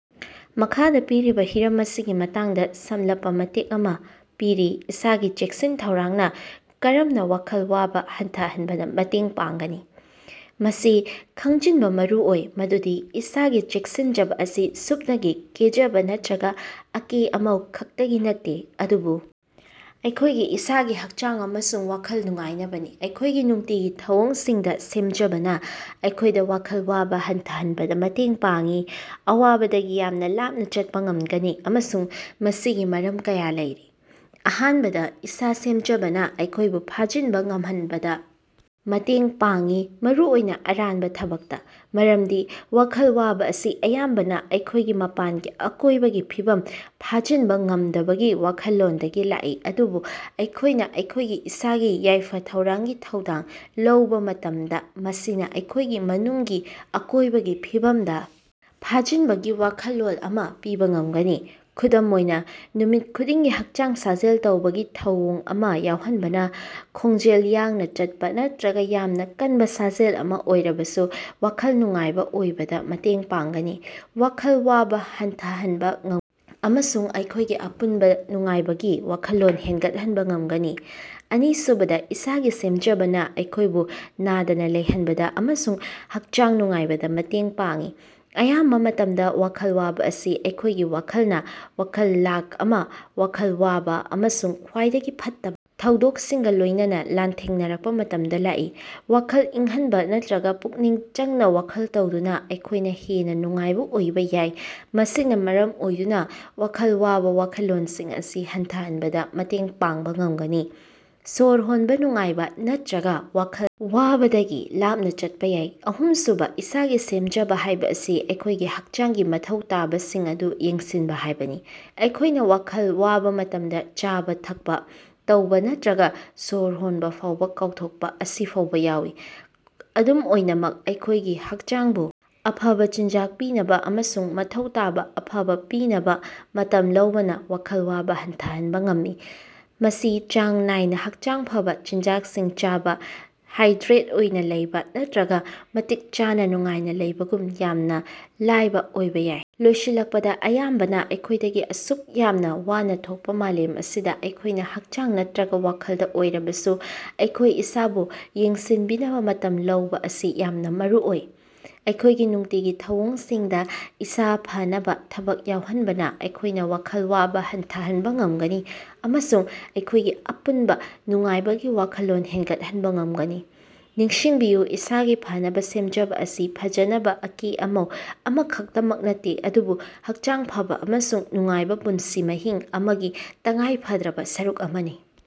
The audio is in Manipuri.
ꯃꯈꯥꯗꯥ ꯄꯤꯔꯤꯕꯥ ꯍꯤꯔꯝ ꯑꯁꯤꯒꯤ ꯃꯇꯥꯡꯗꯥ ꯁꯝꯂꯞꯄ ꯃꯇꯦꯛ ꯑꯃꯥ ꯄꯤꯔꯤ ꯏꯁꯥꯒꯤ ꯆꯦꯛꯁꯤꯟ ꯊꯧꯔꯥꯡꯅꯥ ꯀꯔꯝꯅ ꯋꯥꯈꯜ ꯋꯥꯕ ꯍꯟꯊꯍꯟꯕꯗ ꯃꯇꯦꯡ ꯄꯥꯡꯒꯅꯤ꯫ ꯃꯁꯤ ꯈꯪꯖꯤꯟꯕ ꯃꯔꯨꯑꯣꯏ ꯃꯗꯨꯗꯤ ꯏꯁꯥꯒꯤ ꯆꯦꯛꯁꯤꯟꯖꯕ ꯑꯁꯤ ꯁꯨꯞꯅꯒꯤ ꯀꯦꯖꯥꯕ ꯅꯠꯇ꯭ꯔꯒ ꯑꯀꯦ ꯑꯃꯧ ꯈꯛꯇꯒꯤ ꯅꯠꯇꯦ ꯑꯗꯨꯕꯨ ꯑꯩꯈꯣꯢꯒꯤ ꯏꯁꯥꯒꯤ ꯍꯛꯆꯥꯡ ꯑꯃꯁꯨꯡ ꯋꯥꯈꯜ ꯅꯨꯡꯉꯥꯢꯅꯕꯅꯤ ꯫ ꯑꯩꯈꯣꯢꯒꯤ ꯅꯨꯡꯇꯤꯒꯤ ꯊꯧꯑꯣꯡꯁꯤꯡꯗ ꯁꯦꯝꯖꯕꯅ ꯑꯩꯈꯣꯏꯗ ꯋꯥꯈꯜ ꯋꯥꯕ ꯍꯟꯊꯍꯟꯕꯗ ꯃꯇꯦꯡ ꯄꯥꯡꯢ ꯑꯋꯥꯕꯗꯒꯤ ꯌꯥꯝꯅ ꯂꯥꯞꯅ ꯆꯠꯄꯥ ꯉꯝꯒꯅꯤ ꯑꯃꯁꯨꯡ ꯃꯁꯤꯒꯤ ꯃꯔꯝ ꯀꯌꯥ ꯂꯩꯔꯤ꯫ ꯑꯍꯥꯟꯕꯗ ꯏꯁꯥ ꯁꯦꯝꯖꯕꯅ ꯑꯩꯈꯣꯢꯕꯨ ꯐꯥꯖꯤꯟꯕ ꯉꯝꯍꯟꯕꯗ ꯃꯇꯦꯡ ꯄꯥꯡꯏ ꯃꯔꯨꯑꯣꯏꯅꯥ ꯑꯔꯥꯟꯕ ꯊꯕꯛꯇ ꯫ ꯃꯔꯝꯗꯤ ꯋꯥꯈꯜ ꯋꯥꯕꯥ ꯑꯁꯤ ꯑꯌꯥꯝꯕꯅ ꯑꯩꯈꯣꯢꯒꯤ ꯃꯄꯥꯟꯒꯤ ꯑꯀꯣꯢꯕꯒꯤ ꯐꯤꯕꯝ ꯐꯥꯖꯤꯟꯕ ꯉꯝꯗꯕꯒꯤ ꯋꯥꯈꯜꯂꯣꯟꯗꯒꯤ ꯂꯥꯛꯏ ꯑꯗꯨꯕꯨ ꯑꯩꯈꯣꯢꯅ ꯑꯩꯈꯣꯢꯒꯤ ꯏꯁꯥꯒꯤ ꯌꯥꯏꯐ ꯊꯧꯔꯥꯡꯒꯤ ꯊꯧꯗꯥꯡ ꯂꯧꯕꯥ ꯃꯇꯝꯗ ꯃꯁꯤꯅ ꯑꯩꯈꯣꯢꯒꯤ ꯃꯅꯨꯡꯒꯤ ꯑꯀꯣꯢꯕꯒꯤ ꯐꯤꯕꯝꯗ ꯐꯥꯖꯤꯟꯕꯒꯤ ꯋꯥꯈꯜꯂꯣꯟ ꯑꯃ ꯄꯤꯕ ꯉꯝꯒꯅꯤ꯫ ꯈꯨꯗꯝ ꯑꯣꯏꯅ ꯅꯨꯃꯤꯠ ꯈꯨꯗꯤꯡꯒꯤ ꯍꯛꯆꯥꯡ ꯁꯥꯖꯦꯜ ꯇꯧꯕꯒꯤ ꯊꯧꯑꯣꯡ ꯑꯃ ꯌꯥꯎꯍꯟꯕꯅ ꯈꯣꯡꯖꯦꯜ ꯌꯥꯡꯅ ꯆꯠꯄꯥ ꯅꯠꯇ꯭ꯔꯒ ꯌꯥꯝꯅ ꯀꯟꯕ ꯁꯥꯖꯦꯜ ꯑꯃ ꯑꯣꯏꯔꯕꯁꯨ ꯋꯥꯈꯜ ꯅꯨꯡꯉꯥꯏꯕ ꯑꯣꯏꯕꯗ ꯃꯇꯦꯡ ꯄꯥꯡꯒꯅꯤ꯫ ꯋꯥꯈꯜ ꯋꯥꯕ ꯍꯟꯊꯍꯟꯕ ꯉꯝ ꯑꯃꯁꯨꯡ ꯑꯩꯈꯣꯢꯒꯤ ꯑꯄꯨꯟꯕ ꯅꯨꯡꯉꯥꯏꯕꯒꯤ ꯋꯥꯈꯜꯂꯣꯟ ꯍꯦꯅꯒꯠꯍꯟꯕ ꯉꯝꯒꯅꯤ꯫ ꯑꯅꯤꯁꯨꯕꯗ ꯏꯁꯥꯒꯤ ꯁꯦꯝꯖꯕꯅ ꯑꯩꯈꯣꯢꯕꯨ ꯅꯗꯅ ꯂꯩꯍꯟꯕꯗ ꯑꯃꯁꯨꯡ ꯍꯛꯆꯥꯡ ꯅꯨꯡꯉꯥꯢꯕꯗ ꯃꯇꯦꯡ ꯄꯥꯡꯏ꯫ ꯑꯌꯥꯝꯕ ꯃꯇꯝꯗ ꯋꯥꯈꯜ ꯋꯥꯕ ꯑꯁꯤ ꯑꯩꯈꯣꯢꯒꯤ ꯋꯥꯈꯜꯅ ꯋꯥꯈꯜ ꯂꯥꯈ ꯑꯃ ꯋꯥꯈꯜ ꯋꯥꯕꯥ ꯑꯃꯁꯨꯡ ꯈ꯭ꯋꯥꯏꯗꯒꯤ ꯐꯠꯇꯕꯥ ꯊꯧꯗꯣꯛꯁꯤꯡꯒ ꯂꯣꯢꯅꯅꯥ ꯂꯥꯟꯊꯦꯡꯅꯔꯛꯄ ꯃꯇꯝꯗꯥ ꯂꯥꯛꯏ꯫ ꯋꯥꯈꯜ ꯏꯪꯍꯟꯕ ꯅꯠꯇ꯭ꯔꯒ ꯄꯨꯛꯅꯤꯡ ꯆꯪꯅ ꯋꯥꯈꯜ ꯇꯧꯗꯨꯅꯥ ꯑꯩꯈꯣꯢꯅ ꯍꯦꯟꯅ ꯅꯨꯡꯉꯥꯏꯕ ꯑꯣꯏꯕꯥ ꯌꯥꯏ ꯃꯁꯤꯅꯥ ꯃꯔꯝ ꯑꯣꯏꯗꯨꯅ ꯋꯥꯈꯜ ꯋꯥꯕ ꯋꯥꯈꯜꯂꯣꯟꯁꯤꯡ ꯑꯁꯤ ꯍꯟꯊꯍꯟꯕꯗ ꯃꯇꯦꯡ ꯄꯥꯡꯕ ꯉꯝꯒꯅꯤ꯫ ꯁꯣꯔ ꯍꯣꯟꯕ ꯅꯨꯡꯉꯥꯏꯕ ꯅꯠꯇ꯭ꯔꯒ ꯋꯥꯈꯜ ꯋꯥꯕꯗꯒꯤ ꯂꯥꯞꯅ ꯆꯠꯄ ꯌꯥꯏ꯫ ꯑꯍꯨꯝꯁꯨꯕ ꯏꯁꯥꯒꯤ ꯁꯦꯝꯖꯕ ꯍꯥꯢꯕ ꯑꯁꯤ ꯑꯩꯈꯣꯢꯒꯤ ꯍꯛꯆꯥꯡꯒꯤ ꯃꯊꯧ ꯇꯥꯕꯁꯤꯡ ꯑꯗꯨ ꯌꯦꯡꯁꯤꯟꯕ ꯍꯥꯢꯕꯅꯤ꯫ ꯑꯩꯈꯣꯢꯅ ꯋꯥꯈꯜ ꯋꯥꯕ ꯃꯇꯝꯗ ꯆꯥꯕ ꯊꯛꯄ ꯇꯧꯕ ꯅꯠꯇ꯭ꯔꯒꯥ ꯁꯣꯔ ꯍꯣꯟꯕ ꯐꯥꯎꯕ ꯀꯥꯎꯊꯣꯛꯄ ꯑꯁꯤꯐꯥꯎꯕ ꯌꯥꯎꯏ꯫ ꯑꯗꯨꯝ ꯑꯣꯏꯅꯃꯛ ꯑꯩꯈꯣꯢꯒꯤ ꯍꯛꯆꯥꯡꯕꯨ ꯑꯐꯕ ꯆꯤꯟꯖꯥꯛ ꯄꯤꯅꯕꯥ ꯑꯃꯁꯨꯡ ꯃꯊꯧ ꯇꯥꯕꯥ ꯑꯐꯕ ꯄꯤꯅꯕ ꯃꯇꯝ ꯂꯧꯕꯅ ꯋꯥꯈꯜ ꯋꯥꯕ ꯍꯟꯊꯍꯟꯕ ꯉꯝꯃꯤ꯫ ꯃꯁꯤ ꯆꯥꯡ ꯅꯥꯏꯅ ꯍꯛꯆꯥꯡ ꯐꯕꯥ ꯆꯤꯟꯖꯥꯛꯁꯤꯡ ꯆꯥꯕ ꯍꯥꯏꯗ꯭ꯔꯦꯠ ꯑꯣꯏꯅ ꯂꯩꯕ ꯅꯠꯇ꯭ꯔꯒ ꯃꯇꯤꯛ ꯆꯥꯅ ꯅꯨꯡꯉꯥꯏꯅ ꯂꯩꯕꯒꯨꯝꯅ ꯌꯥꯝꯅꯥ ꯂꯥꯏꯕ ꯑꯣꯏꯕ ꯌꯥꯏ꯫ ꯂꯣꯏꯁꯤꯜꯂꯛꯄꯗ ꯑꯌꯥꯝꯕꯅ ꯑꯩꯈꯣꯢꯗꯒꯤ ꯑꯁꯨꯛ ꯌꯥꯝꯅ ꯋꯥꯅ ꯊꯣꯛꯄ ꯃꯥꯂꯦꯝ ꯑꯁꯤꯗꯥ ꯑꯩꯈꯣꯢꯅ ꯍꯛꯆꯥꯡ ꯅꯠꯇ꯭ꯔꯒꯥ ꯋꯥꯈꯜꯗ ꯑꯣꯏꯔꯕꯁꯨ ꯑꯩꯈꯣꯢ ꯏꯁꯥꯕꯨ ꯌꯦꯡꯁꯤꯟꯕꯤꯅꯕ ꯃꯇꯝ ꯂꯧꯕꯥ ꯑꯁꯤ ꯌꯥꯝꯅ ꯃꯔꯨꯑꯣꯏ꯫ ꯑꯩꯈꯣꯢꯒꯤ ꯅꯨꯡꯇꯤꯒꯤ ꯊꯧꯑꯣꯡꯁꯤꯡꯗ ꯏꯁꯥ ꯐꯅꯕ ꯊꯕꯛ ꯌꯥꯎꯍꯟꯕꯅ ꯑꯩꯈꯣꯢꯅ ꯋꯥꯈꯜ ꯋꯥꯕ ꯍꯟꯊꯍꯟꯕ ꯉꯝꯒꯅꯤ ꯑꯃꯁꯨꯡ ꯑꯩꯈꯣꯢꯒꯤ ꯑꯄꯨꯟꯕ ꯅꯨꯡꯉꯥꯏꯕꯒꯤ ꯋꯥꯈꯜꯂꯣꯟ ꯍꯦꯟꯒꯠꯍꯟꯕ ꯉꯝꯒꯅꯤ꯫ ꯅꯤꯡꯁꯤꯡꯕꯤꯌꯨ ꯏꯁꯥꯒꯤ ꯐꯅꯕ ꯁꯦꯝꯖꯕ ꯑꯁꯤ ꯐꯖꯅꯕ ꯑꯀꯦ ꯑꯃꯧ ꯑꯃꯈꯛꯇꯃꯛ ꯅꯠꯇꯦ ꯑꯗꯨꯕꯨ ꯍꯛꯆꯥꯡ ꯐꯥꯕ ꯑꯃꯁꯨꯡ ꯅꯨꯡꯉꯥꯏꯕ ꯄꯨꯟꯁꯤ ꯃꯍꯤꯡ ꯑꯃꯒꯤ ꯇꯉꯥꯏꯐꯗ꯭ꯔꯕ ꯁꯔꯨꯛ ꯑꯃꯅꯤ꯫